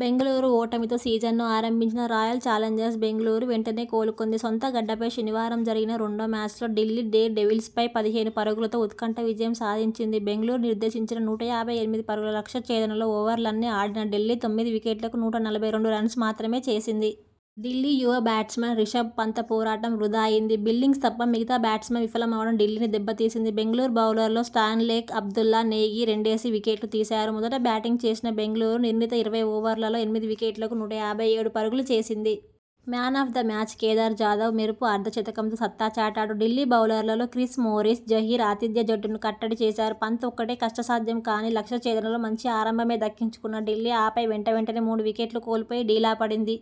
బెంగళూరు ఓటమితో సీజన్ను ఆరంభించిన రాయల్ చాలెంజర్స్ బెంగళూరు వెంటనే కోలుకుంది. సొంతగడ్డపై శనివారం జరిగిన రెండో మ్యాచ్లో ఢిల్లీ డేర్ డెవిల్స్పై పదిహేను పరుగులతో ఉత్కంఠ విజయం సాధించింది. బెంగళూరు నిర్దేశించిన నూట యాభై ఎనిమిది పరుగుల లక్ష్య ఛేదనలో ఓవర్లన్నీ ఆడిన ఢిల్లీ తొమ్మిది వికెట్లకు నూట నలభై రెండు రన్స్ మాత్రమే చేసింది. ఢిల్లీ యువ బ్యాట్స్మన్ రిషభ్ పంత పోరాటం వృథా అయింది. బిల్లింగ్స్ తప్ప మిగతా బ్యాట్స్మెన్ విఫలమవడం ఢిల్లీని దెబ్బ తీసింది. బెంగళూరు బౌలర్లలో స్టాన్లేక్, అబ్దుల్లా, నేగి రెండేసి వికెట్లు తీశారు. మొదట బ్యాటింగ్ చేసిన బెంగళూరు నిర్ణీత ఇరవై ఓవర్లలో ఎనిమిది వికెట్లకు నూట యాభై ఏడు పరుగులు చేసింది. 'Man of the match' Kedar Jadhav మెరుపు అర్ధ శతకంతో సత్తా చాటాడు. ఢిల్లీ బౌలర్లలో క్రిస్ మోరిస్, జహీర్ ఆతిథ్య జట్టును కట్టడి చేశారు. పంత్ ఒక్కడే.. కష్టసాధ్యం కాని లక్ష్య ఛేదనలో మంచి ఆరంభమే దక్కించుకున్న ఢిల్లీ ఆపై వెంటవెంటనే మూడు వికెట్లు కోల్పోయి డీలా పడింది.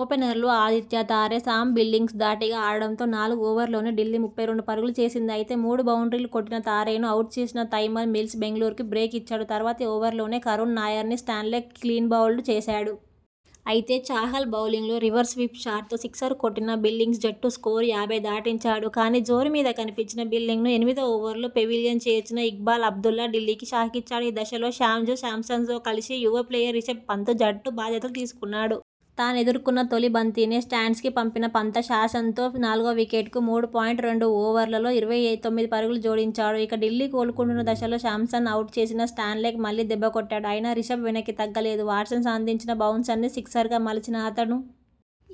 ఓపెనర్లు ఆదిత్య తారె, సామ్ బిల్లింగ్స్ ధాటిగా ఆడడంతో నాలుగు ఓవర్లలోనే ఢిల్లీ ముప్పై రెండు పరుగులు చేసింది. అయితే, మూడు బౌండ్రీలు కొట్టిన తారెను అవుట్ చేసిన తైమల్ మిల్స్ బెంగళూరుకు బ్రేక్ ఇచ్చాడు. తర్వాతి ఓవర్లోనే కరుణ్ నాయర్ ను స్టాన్లేక్ క్లీన్బౌల్డ్ చేశాడు. అయితే.. చాహల్ బౌలింగ్లో రివర్స్ విప్ షాట్తో సిక్సర్ కొట్టిన బిల్లింగ్స్ జట్టు స్కోరు యాభై దాటించాడు. కానీ.. జోరు మీద కనిపించిన బిల్లింగ్ను ఎనిమిదో ఓవర్లో పెవిలియన్ చేర్చిన ఇక్బాల్ అబ్దుల్లా ఢిల్లీకి షాకిచ్చాడు. ఈ దశలో శాంజూ శాంసన్ తో కలిసి యువ ప్లేయర్ రిషభ్ పంత జట్టు బాధ్యతలు తీసుకున్నాడు. తానెదుర్కొన్న తొలి బంతినే స్టాండ్స్కు పంపిన పంత శాంసన్తో నాలుగో వికెట్కు మూడు పాయింట్ రెండు ఓవర్లలో ఇరవై తొమ్మిది పరుగులు జోడించాడు. ఇక ఢిల్లీ కోలుకుంటున్న దశలో శాంసన్ను అవుట్ చేసిన స్టాన్లేక్ మళ్లీ దెబ్బకొట్టాడు. అయినా రిషభ్ వెనక్కితగ్గలేదు. వాట్సన్ సంధించిన బౌన్సన్ను సిక్సర్గా మలచిన అతను..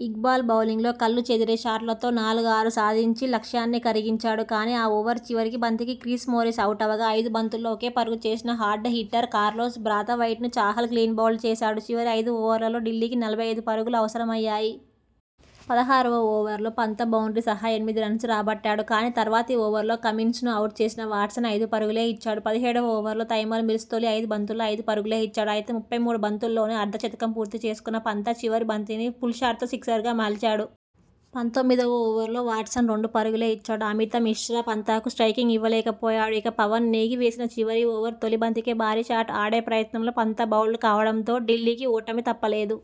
ఇక్బాల్ బౌలింగ్లో కళ్లు చెదిరే షాట్లతో నాలుగు, ఆరు సాధించి లక్ష్యాన్ని కరిగించాడు. కానీ, ఆ ఓవర్ చివరి బంతికి క్రిస్ మోరిస్ అవుటవగా.. ఐదు బంతుల్లో ఒకే పరుగు చేసిన హార్డ్ హిట్టర్ కార్లోస్ బ్రాతవైట్ ను చాహల్ క్లీన్బౌల్డ్ చేశాడు. చివరి ఐదు ఓవర్లలో ఢిల్లీకి నలభై ఐదు పరుగులు అవసరమయ్యాయి. పదహారువ ఓవర్లో పంత బౌండ్రీ సహా ఎనిమిది రన్స్ రాబట్టాడు. కానీ, తర్వాతి ఓవర్లో కమిన్స్ ను అవుట్ చేసిన వాట్సన్ ఐదు పరుగులే ఇచ్చాడు. పదిహేడువ ఓవర్లో తైమల్ మిల్స్ తొలి ఐదు బంతుల్లో ఐదు పరుగులే ఇచ్చాడు. అయితే, ముప్పై మూడు బంతుల్లోనే అర్ధ శతకం పూర్తి చేసుకున్న పంత చివరి బంతిని పుల్షాట్తో సిక్సర్గా మలిచాడు. పంతొమ్మిదివ ఓవర్లో వాట్సన్ రెండు పరుగులే ఇచ్చాడు. అమిత మిశ్రా పంతకు స్ట్రయికింగ్ ఇవ్వలేకపోయాడు. ఇక, పవన్ నేగి వేసిన చివరి ఓవర్ తొలి బంతికే భారీషాట్ ఆడే ప్రయత్నంలో పంత బౌల్డ్ కావడంతో ఢిల్లీకి ఓటమి తప్పలేదు.